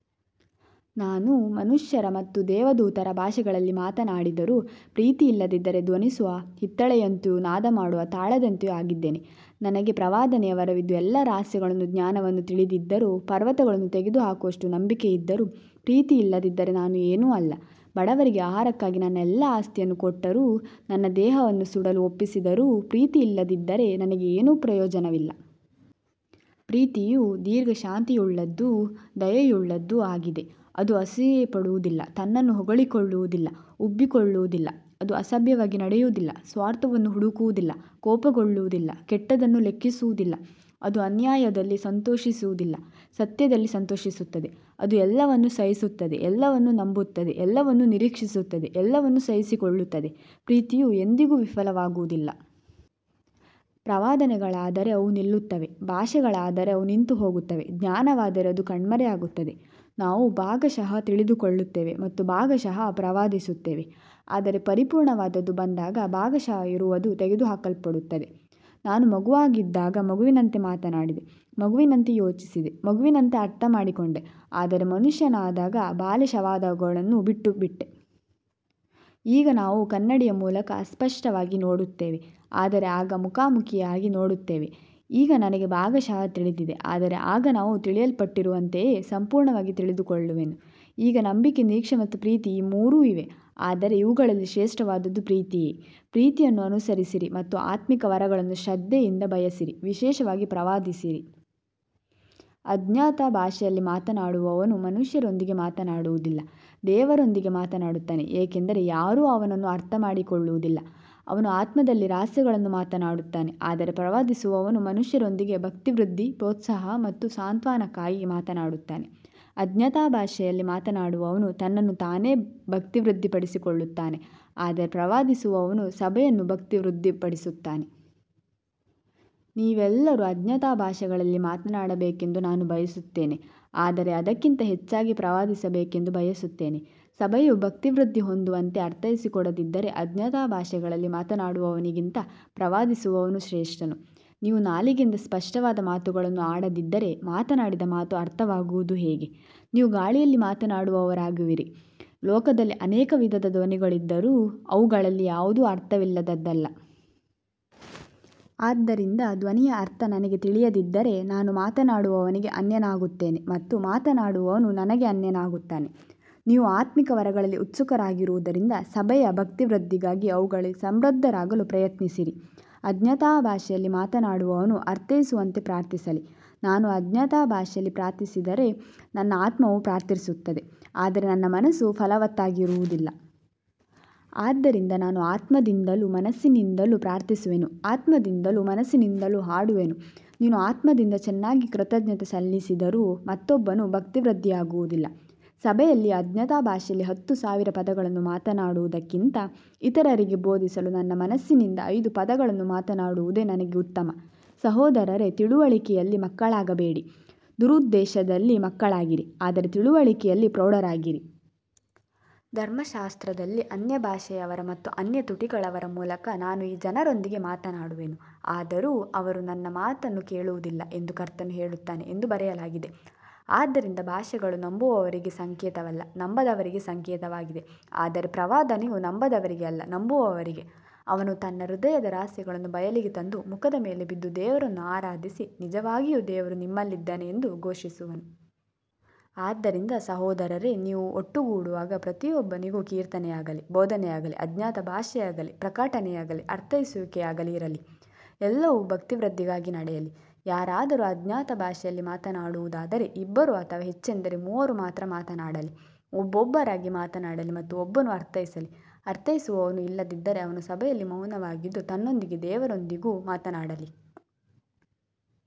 ನಾನು ಮನುಷ್ಯರ ಮತ್ತು ದೇವದೂತರ ಭಾಷೆಗಳಲ್ಲಿ ಮಾತನಾಡಿದರೂ ಪ್ರೀತಿಯಿಲ್ಲದಿದ್ದರೆ ಧ್ವನಿಸುವ ಹಿತ್ತಾಳೆಯಂತೆಯೂ ನಾದಮಾಡುವ ತಾಳದಂತೆಯೂ ಆಗಿದ್ದೇನೆ. ನನಗೆ ಪ್ರವಾದನೆಯ ವರವಿದ್ದು ಎಲ್ಲಾ ರಹಸ್ಯಗಳನ್ನೂ ಜ್ಞಾನವನ್ನೂ ತಿಳಿದಿದ್ದರೂ, ಪರ್ವತಗಳನ್ನು ತೆಗೆದುಹಾಕುವಷ್ಟು ನಂಬಿಕೆ ಇದ್ದರೂ ಪ್ರೀತಿಯಿಲ್ಲದಿದ್ದರೆ ನಾನು ಏನೂ ಅಲ್ಲ. ಬಡವರಿಗೆ ಆಹಾರಕ್ಕಾಗಿ ನನ್ನ ಎಲ್ಲಾ ಆಸ್ತಿಯನ್ನು ಕೊಟ್ಟರೂ ನನ್ನ ದೇಹವನ್ನು ಸುಡಲು ಒಪ್ಪಿಸಿದರೂ ಪ್ರೀತಿಯಿಲ್ಲದಿದ್ದರೆ ನನಗೆ ಏನೂ ಪ್ರಯೋಜನವಿಲ್ಲ. ಪ್ರೀತಿಯು ದೀರ್ಘಶಾಂತಿಯುಳ್ಳದ್ದೂ ದಯೆಯುಳ್ಳದ್ದೂ ಆಗಿದೆ, ಅದು ಅಸೂಯೆಪಡುವುದಿಲ್ಲ, ತನ್ನನ್ನು ಹೊಗಳಿಕೊಳ್ಳುವುದಿಲ್ಲ, ಉಬ್ಬಿಕೊಳ್ಳುವುದಿಲ್ಲ. ಅದು ಅಸಭ್ಯವಾಗಿ ನಡೆಯುವುದಿಲ್ಲ, ಸ್ವಾರ್ಥವನ್ನು ಹುಡುಕುವುದಿಲ್ಲ, ಕೋಪಗೊಳ್ಳುವುದಿಲ್ಲ, ಕೆಟ್ಟದ್ದನ್ನು ಲೆಕ್ಕಿಸುವುದಿಲ್ಲ. ಅದು ಅನ್ಯಾಯದಲ್ಲಿ ಸಂತೋಷಿಸುವುದಿಲ್ಲ, ಸತ್ಯದಲ್ಲಿ ಸಂತೋಷಿಸುತ್ತದೆ. ಅದು ಎಲ್ಲವನ್ನೂ ಸಹಿಸುತ್ತದೆ, ಎಲ್ಲವನ್ನೂ ನಂಬುತ್ತದೆ, ಎಲ್ಲವನ್ನೂ ನಿರೀಕ್ಷಿಸುತ್ತದೆ, ಎಲ್ಲವನ್ನೂ ಸಹಿಸಿಕೊಳ್ಳುತ್ತದೆ. ಪ್ರೀತಿಯು ಎಂದಿಗೂ ವಿಫಲವಾಗುವುದಿಲ್ಲ. ಪ್ರವಾದನೆಗಳಾದರೆ ಅವು ನಿಲ್ಲುತ್ತವೆ, ಭಾಷೆಗಳಾದರೆ ಅವು ನಿಂತುಹೋಗುತ್ತವೆ, ಜ್ಞಾನವಾದರೆ ಅದು ಕಣ್ಮರೆಯಾಗುತ್ತದೆ. ನಾವು ಭಾಗಶಃ ತಿಳಿದುಕೊಳ್ಳುತ್ತೇವೆ ಮತ್ತು ಭಾಗಶಃ ಪ್ರವಾದಿಸುತ್ತೇವೆ, ಆದರೆ ಪರಿಪೂರ್ಣವಾದದ್ದು ಬಂದಾಗ ಭಾಗಶಃ ಇರುವದು ತೆಗೆದುಹಾಕಲ್ಪಡುತ್ತದೆ. ನಾನು ಮಗುವಾಗಿದ್ದಾಗ ಮಗುವಿನಂತೆ ಮಾತನಾಡಿದೆ, ಮಗುವಿನಂತೆ ಯೋಚಿಸಿದೆ, ಮಗುವಿನಂತೆ ಅರ್ಥಮಾಡಿಕೊಂಡೆ, ಆದರೆ ಮನುಷ್ಯನಾದಾಗ ಬಾಲಿಶವಾದವುಗಳನ್ನು ಬಿಟ್ಟುಬಿಟ್ಟೆ. ಈಗ ನಾವು ಕನ್ನಡಿಯ ಮೂಲಕ ಅಸ್ಪಷ್ಟವಾಗಿ ನೋಡುತ್ತೇವೆ, ಆದರೆ ಆಗ ಮುಖಾಮುಖಿಯಾಗಿ ನೋಡುತ್ತೇವೆ. ಈಗ ನನಗೆ ಭಾಗಶಃ ತಿಳಿದಿದೆ, ಆದರೆ ಆಗ ನಾನು ತಿಳಿಯಲ್ಪಟ್ಟಿರುವಂತೆಯೇ ಸಂಪೂರ್ಣವಾಗಿ ತಿಳಿದುಕೊಳ್ಳುವೆನು. ಈಗ ನಂಬಿಕೆ, ನಿರೀಕ್ಷೆ ಮತ್ತು ಪ್ರೀತಿ ಈ ಮೂರೂ ಇವೆ, ಆದರೆ ಇವುಗಳಲ್ಲಿ ಶ್ರೇಷ್ಠವಾದದ್ದು ಪ್ರೀತಿಯೇ. ಪ್ರೀತಿಯನ್ನು ಅನುಸರಿಸಿರಿ ಮತ್ತು ಆತ್ಮಿಕ ವರಗಳನ್ನು ಶ್ರದ್ಧೆಯಿಂದ ಬಯಸಿರಿ, ವಿಶೇಷವಾಗಿ ಪ್ರವಾದಿಸಿರಿ. ಅಜ್ಞಾತ ಭಾಷೆಯಲ್ಲಿ ಮಾತನಾಡುವವನು ಮನುಷ್ಯರೊಂದಿಗೆ ಮಾತನಾಡುವುದಿಲ್ಲ, ದೇವರೊಂದಿಗೆ ಮಾತನಾಡುತ್ತಾನೆ, ಏಕೆಂದರೆ ಯಾರೂ ಅವನನ್ನು ಅರ್ಥಮಾಡಿಕೊಳ್ಳುವುದಿಲ್ಲ, ಅವನು ಆತ್ಮದಲ್ಲಿ ರಹಸ್ಯಗಳನ್ನು ಮಾತನಾಡುತ್ತಾನೆ. ಆದರೆ ಪ್ರವಾದಿಸುವವನು ಮನುಷ್ಯರೊಂದಿಗೆ ಭಕ್ತಿವೃದ್ಧಿ, ಪ್ರೋತ್ಸಾಹ ಮತ್ತು ಸಾಂತ್ವನಕ್ಕಾಗಿ ಮಾತನಾಡುತ್ತಾನೆ. ಅಜ್ಞಾತ ಭಾಷೆಯಲ್ಲಿ ಮಾತನಾಡುವವನು ತನ್ನನ್ನು ತಾನೇ ಭಕ್ತಿವೃದ್ಧಿಪಡಿಸಿಕೊಳ್ಳುತ್ತಾನೆ, ಆದರೆ ಪ್ರವಾದಿಸುವವನು ಸಭೆಯನ್ನು ಭಕ್ತಿವೃದ್ಧಿಪಡಿಸುತ್ತಾನೆ. ನೀವೆಲ್ಲರೂ ಅಜ್ಞಾತ ಭಾಷೆಗಳಲ್ಲಿ ಮಾತನಾಡಬೇಕೆಂದು ನಾನು ಬಯಸುತ್ತೇನೆ, ಆದರೆ ಅದಕ್ಕಿಂತ ಹೆಚ್ಚಾಗಿ ಪ್ರವಾದಿಸಬೇಕೆಂದು ಬಯಸುತ್ತೇನೆ. ಸಭೆಯು ಭಕ್ತಿವೃದ್ಧಿ ಹೊಂದುವಂತೆ ಅರ್ಥೈಸಿಕೊಡದಿದ್ದರೆ ಅಜ್ಞಾತ ಭಾಷೆಗಳಲ್ಲಿ ಮಾತನಾಡುವವನಿಗಿಂತ ಪ್ರವಾದಿಸುವವನು ಶ್ರೇಷ್ಠನು. ನೀವು ನಾಲಿಗೆಯಿಂದ ಸ್ಪಷ್ಟವಾದ ಮಾತುಗಳನ್ನು ಆಡದಿದ್ದರೆ ಮಾತನಾಡಿದ ಮಾತು ಅರ್ಥವಾಗುವುದು ಹೇಗೆ. ನೀವು ಗಾಳಿಯಲ್ಲಿ ಮಾತನಾಡುವವರಾಗುವಿರಿ. ಲೋಕದಲ್ಲಿ ಅನೇಕ ವಿಧದ ಧ್ವನಿಗಳಿದ್ದರೂ ಅವುಗಳಲ್ಲಿ ಯಾವುದೂ ಅರ್ಥವಿಲ್ಲದದ್ದಲ್ಲ. ಆದ್ದರಿಂದ ಧ್ವನಿಯ ಅರ್ಥ ನನಗೆ ತಿಳಿಯದಿದ್ದರೆ ನಾನು ಮಾತನಾಡುವವನಿಗೆ ಅನ್ಯನಾಗುತ್ತೇನೆ ಮತ್ತು ಮಾತನಾಡುವವನು ನನಗೆ ಅನ್ಯನಾಗುತ್ತಾನೆ. ನೀವು ಆತ್ಮಿಕ ವರಗಳಲ್ಲಿ ಉತ್ಸುಕರಾಗಿರುವುದರಿಂದ ಸಭೆಯ ಭಕ್ತಿವೃದ್ಧಿಗಾಗಿ ಅವುಗಳಲ್ಲಿ ಸಮೃದ್ಧರಾಗಲು ಪ್ರಯತ್ನಿಸಿರಿ. ಅಜ್ಞಾತ ಭಾಷೆಯಲ್ಲಿ ಮಾತನಾಡುವವನು ಅರ್ಥೈಸುವಂತೆ ಪ್ರಾರ್ಥಿಸಲಿ. ನಾನು ಅಜ್ಞಾತ ಭಾಷೆಯಲ್ಲಿ ಪ್ರಾರ್ಥಿಸಿದರೆ ನನ್ನ ಆತ್ಮವು ಪ್ರಾರ್ಥಿಸುತ್ತದೆ, ಆದರೆ ನನ್ನ ಮನಸ್ಸು ಫಲವತ್ತಾಗಿರುವುದಿಲ್ಲ. ಆದ್ದರಿಂದ ನಾನು ಆತ್ಮದಿಂದಲೂ ಮನಸ್ಸಿನಿಂದಲೂ ಪ್ರಾರ್ಥಿಸುವೆನು, ಆತ್ಮದಿಂದಲೂ ಮನಸ್ಸಿನಿಂದಲೂ ಹಾಡುವೆನು. ನೀನು ಆತ್ಮದಿಂದ ಚೆನ್ನಾಗಿ ಕೃತಜ್ಞತೆ ಸಲ್ಲಿಸಿದರೂ ಮತ್ತೊಬ್ಬನು ಭಕ್ತಿವೃದ್ಧಿಯಾಗುವುದಿಲ್ಲ. ಸಭೆಯಲ್ಲಿ ಅಜ್ಞಾತ ಭಾಷೆಯಲ್ಲಿ ಹತ್ತು ಸಾವಿರ ಪದಗಳನ್ನು ಮಾತನಾಡುವುದಕ್ಕಿಂತ, ಇತರರಿಗೆ ಬೋಧಿಸಲು ನನ್ನ ಮನಸ್ಸಿನಿಂದ ಐದು ಪದಗಳನ್ನು ಮಾತನಾಡುವುದೇ ನನಗೆ ಉತ್ತಮ. ಸಹೋದರರೇ, ತಿಳುವಳಿಕೆಯಲ್ಲಿ ಮಕ್ಕಳಾಗಬೇಡಿ, ದುರುದ್ದೇಶದಲ್ಲಿ ಮಕ್ಕಳಾಗಿರಿ, ಆದರೆ ತಿಳುವಳಿಕೆಯಲ್ಲಿ ಪ್ರೌಢರಾಗಿರಿ. ಧರ್ಮಶಾಸ್ತ್ರದಲ್ಲಿ, ಅನ್ಯಭಾಷೆಯವರ ಮತ್ತು ಅನ್ಯ ತುಟಿಗಳವರ ಮೂಲಕ ನಾನು ಈ ಜನರೊಂದಿಗೆ ಮಾತನಾಡುವೆನು, ಆದರೂ ಅವರು ನನ್ನ ಮಾತನ್ನು ಕೇಳುವುದಿಲ್ಲ ಎಂದು ಕರ್ತನು ಹೇಳುತ್ತಾನೆ ಎಂದು ಬರೆಯಲಾಗಿದೆ. ಆದ್ದರಿಂದ ಭಾಷೆಗಳು ನಂಬುವವರಿಗೆ ಸಂಕೇತವಲ್ಲ, ನಂಬದವರಿಗೆ ಸಂಕೇತವಾಗಿವೆ, ಆದರೆ ಪ್ರವಾದನೆಯು ನಂಬದವರಿಗೆ ಅಲ್ಲ, ನಂಬುವವರಿಗೆ. ಅವನು ತನ್ನ ಹೃದಯದ ರಹಸ್ಯಗಳನ್ನು ಬಯಲಿಗೆ ತಂದು, ಮುಖದ ಮೇಲೆ ಬಿದ್ದು ದೇವರನ್ನು ಆರಾಧಿಸಿ, ನಿಜವಾಗಿಯೂ ದೇವರು ನಿಮ್ಮಲ್ಲಿದ್ದಾನೆ ಎಂದು ಘೋಷಿಸುವನು. ಆದ್ದರಿಂದ ಸಹೋದರರೇ, ನೀವು ಒಟ್ಟುಗೂಡುವಾಗ ಪ್ರತಿಯೊಬ್ಬನಿಗೂ ಕೀರ್ತನೆಯಾಗಲಿ, ಬೋಧನೆಯಾಗಲಿ, ಅಜ್ಞಾತ ಭಾಷೆಯಾಗಲಿ, ಪ್ರಕಟನೆಯಾಗಲಿ, ಅರ್ಥೈಸುವಿಕೆಯಾಗಲಿ ಇರಲಿ. ಎಲ್ಲವೂ ಭಕ್ತಿವೃದ್ಧಿಗಾಗಿ ನಡೆಯಲಿ. ಯಾರಾದರೂ ಅಜ್ಞಾತ ಭಾಷೆಯಲ್ಲಿ ಮಾತನಾಡುವುದಾದರೆ ಇಬ್ಬರು ಅಥವಾ ಹೆಚ್ಚೆಂದರೆ ಮೂವರು ಮಾತ್ರ ಮಾತನಾಡಲಿ, ಒಬ್ಬೊಬ್ಬರಾಗಿ ಮಾತನಾಡಲಿ ಮತ್ತು ಒಬ್ಬನು ಅರ್ಥೈಸಲಿ. ಅರ್ಥೈಸುವವನು ಇಲ್ಲದಿದ್ದರೆ ಅವನು ಸಭೆಯಲ್ಲಿ ಮೌನವಾಗಿದ್ದು, ತನ್ನೊಂದಿಗೂ ದೇವರೊಂದಿಗೂ ಮಾತನಾಡಲಿ.